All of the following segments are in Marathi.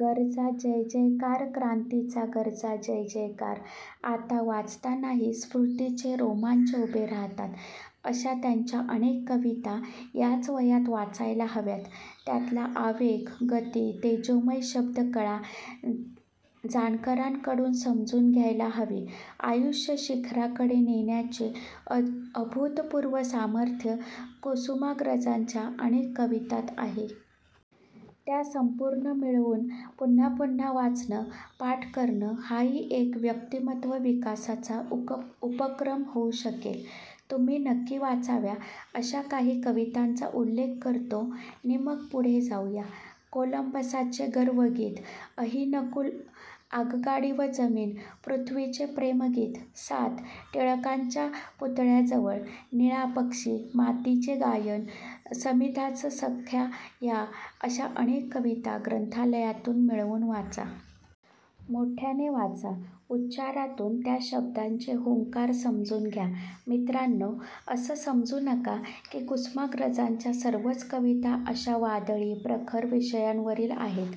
गर्जा जयजयकार क्रांतीचा गर्जा जयजयकार! ' आता वाचतानाही स्फूर्तीचे रोमांच उभे राहतात, अशा त्यांच्या अनेक कविता याच वयात वाचायला हव्यात. त्यातला आवेग, गती, तेजोमय शब्दकळा जाणकारांकडून समजून घ्यायला हवी. आयुष्य शिखराकडे नेण्याचे अभूतपूर्व सामर्थ्य कुसुमाग्रजांच्या अनेक कवितांत आहे. त्या संपूर्ण मिळवून पुन्हापुन्हा वाचणं, पाठ करणं हाही एक व्यक्तिमत्त्व विकासाचा उपक्रम होऊ शकेल. तुम्ही नक्की वाचाव्या, अशा काही कवितांचा उल्लेख करतो नि मग पुढे जाऊ या. 'कोलंबसाचे गर्वगीत', 'अहि-नकूल', 'आगगाडी व जमीन', 'पृथ्वीचे प्रेमगीत', 'सात', 'टिळकांच्या पुतळ्याजवळ', 'निळा पक्षी', 'मातीचे गायन', 'समिधाच सख्या या', अशा अनेक कविता ग्रंथालयांतून मिळवून वाचा. मोठ्याने वाचा. उच्चारातून त्या शब्दांचे हुंकार समजून घ्या! मित्रांनो, असं समजू नका, की कुसुमाग्रजांच्या सर्वच कविता अशा वादळी, प्रखर विषयावरील आहेत.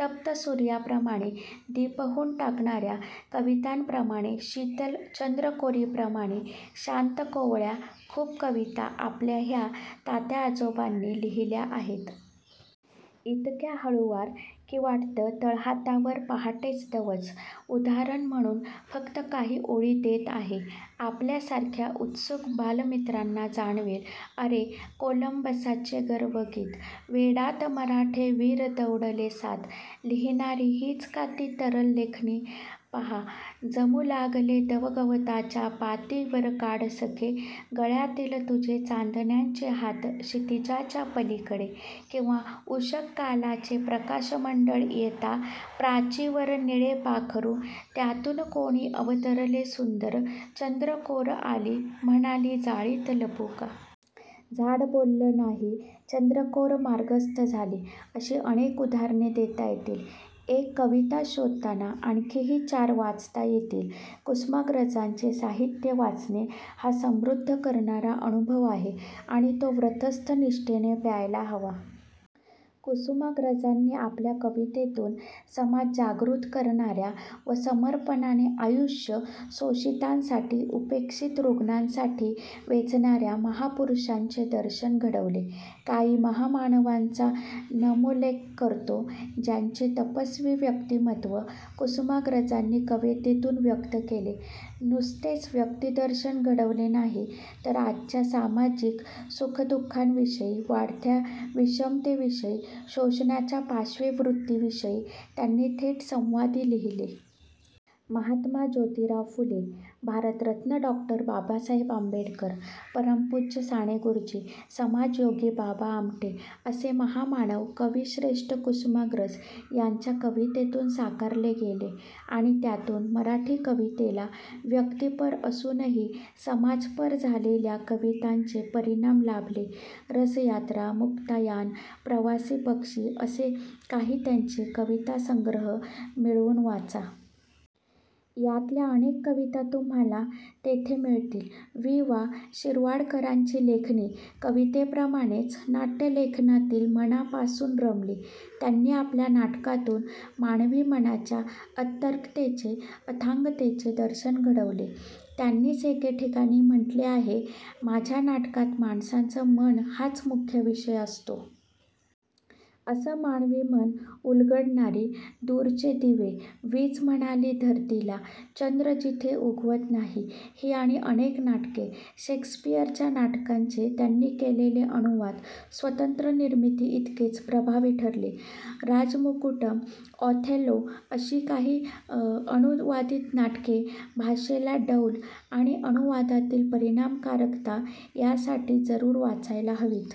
तप्त सूर्याप्रमाणे दिपवून टाकणा-या कवितांप्रमाणे शीतल चंद्रकोरीप्रमाणे शांत-कोवळ्या खूप कविता आपल्या ह्या तात्याआजोबांनी लिहिल्या आहेत. इतक्या हळुवार; की वाटतं तळहातावर पहाटेचं दवच! उदाहरण म्हणून फक्त काही ओळी देत आहे. आपल्यासारख्या उत्सुक बालमित्रांना जाणवेल, अरे, 'कोलंबसाचे गर्वगीत' 'वेडात मराठे वीर दौडले सात' लिहिणारी हीच का ती तरल लेखणी? पाहा – जमू लागलेले दव गवताच्या पातीवर काढ सखे, गळ्यातील तुझे चांदण्याचे हात क्षितिजाच्या पलीकडे किंवा 'उष:कालचे प्रकाशमंडळ येता प्राचीवर निळे पाखरू त्यांतून कोणी अवतरले सुंदर' चंद्रकोर आली, म्हणाली, जाळीत लपू का? झाड बोललं नाही चंद्रकोर मार्गस्थ झाली... ' अशी अनेक उदाहरणे देता येतील. एक कविता शोधताना आणखीही चार वाचता येतील. कुसुमाग्रजांचे साहित्य वाचणे हा समृद्ध करणारा अनुभव आहे आणि तो व्रतस्थ निष्ठेने प्यायला हवा. कुसुमाग्रजांनी आपल्या कवितेतून समाज जागृत करणा-या व समर्पणाने आयुष्य शोषितांसाठी, उपेक्षित रुग्णांसाठी वेचणा-या महापुरुषांचे दर्शन घडवले. काही महामानवांचा नामोल्लेख करतो, ज्यांचे तपस्वी व्यक्तिमत्त्व कुसुमाग्रजांनी कवितेतून व्यक्त केले. नुसतेच व्यक्तिदर्शन घडवले नाही, तर आजच्या सामाजिक सुख-दु:खांविषयी, वाढत्या विषमतेविषयी, शोषणाच्या पाशवी वृत्तीविषयी त्यांनी थेट संवादी लिहिले. महात्मा ज्योतीराव फुले, भारतरत्न डॉ. बाबासाहेब आंबेडकर, परमपूज्य साने गुरुजी, समाजयोगी बाबा आमटे असे महामानव कविश्रेष्ठ कुसुमाग्रज यांच्या कवितेतून साकारले गेले; आणि त्यातून मराठी कवितेला व्यक्तिपर असूनही समाजपर झालेल्या कवितांचे परिमाण लाभले. 'रसयात्रा' 'मुक्तायन', 'प्रवासी पक्षी' असे काही त्यांचे कवितासंग्रह मिळवून वाचा. यातल्या अनेक कविता तुम्हांला तेथे मिळतील. वि. वा. शिरवाडकरांची लेखणी कवितेप्रमाणेच नाट्यलेखनातही मनापासून रमली. त्यांनी आपल्या नाटकांतून मानवी मनाच्या अतर्क्यतेचे, अथांगतेचे दर्शन घडवले. त्यांनीच एके ठिकाणी म्हटले आहे 'माझ्या नाटकात माणसाचं मन हाच मुख्य विषय असतो. ' असं मानवी मन उलगडणारी- 'दूरचे दिवे', 'वीज म्हणाली धरतीला', 'चंद्र जिथे उगवत नाही' ही आणि अनेक नाटके. शेक्सपिअरच्या नाटकांचे त्यांनी केलेले अनुवाद, स्वतंत्र निर्मितीइतकेच प्रभावी ठरले. राजमुकुटम, ऑथेल्लो अशी काही अनुवादित नाटके भाषेचा डौल आणि अनुवादातील परिणामकारकता यासाठी जरूर वाचायला हवीत.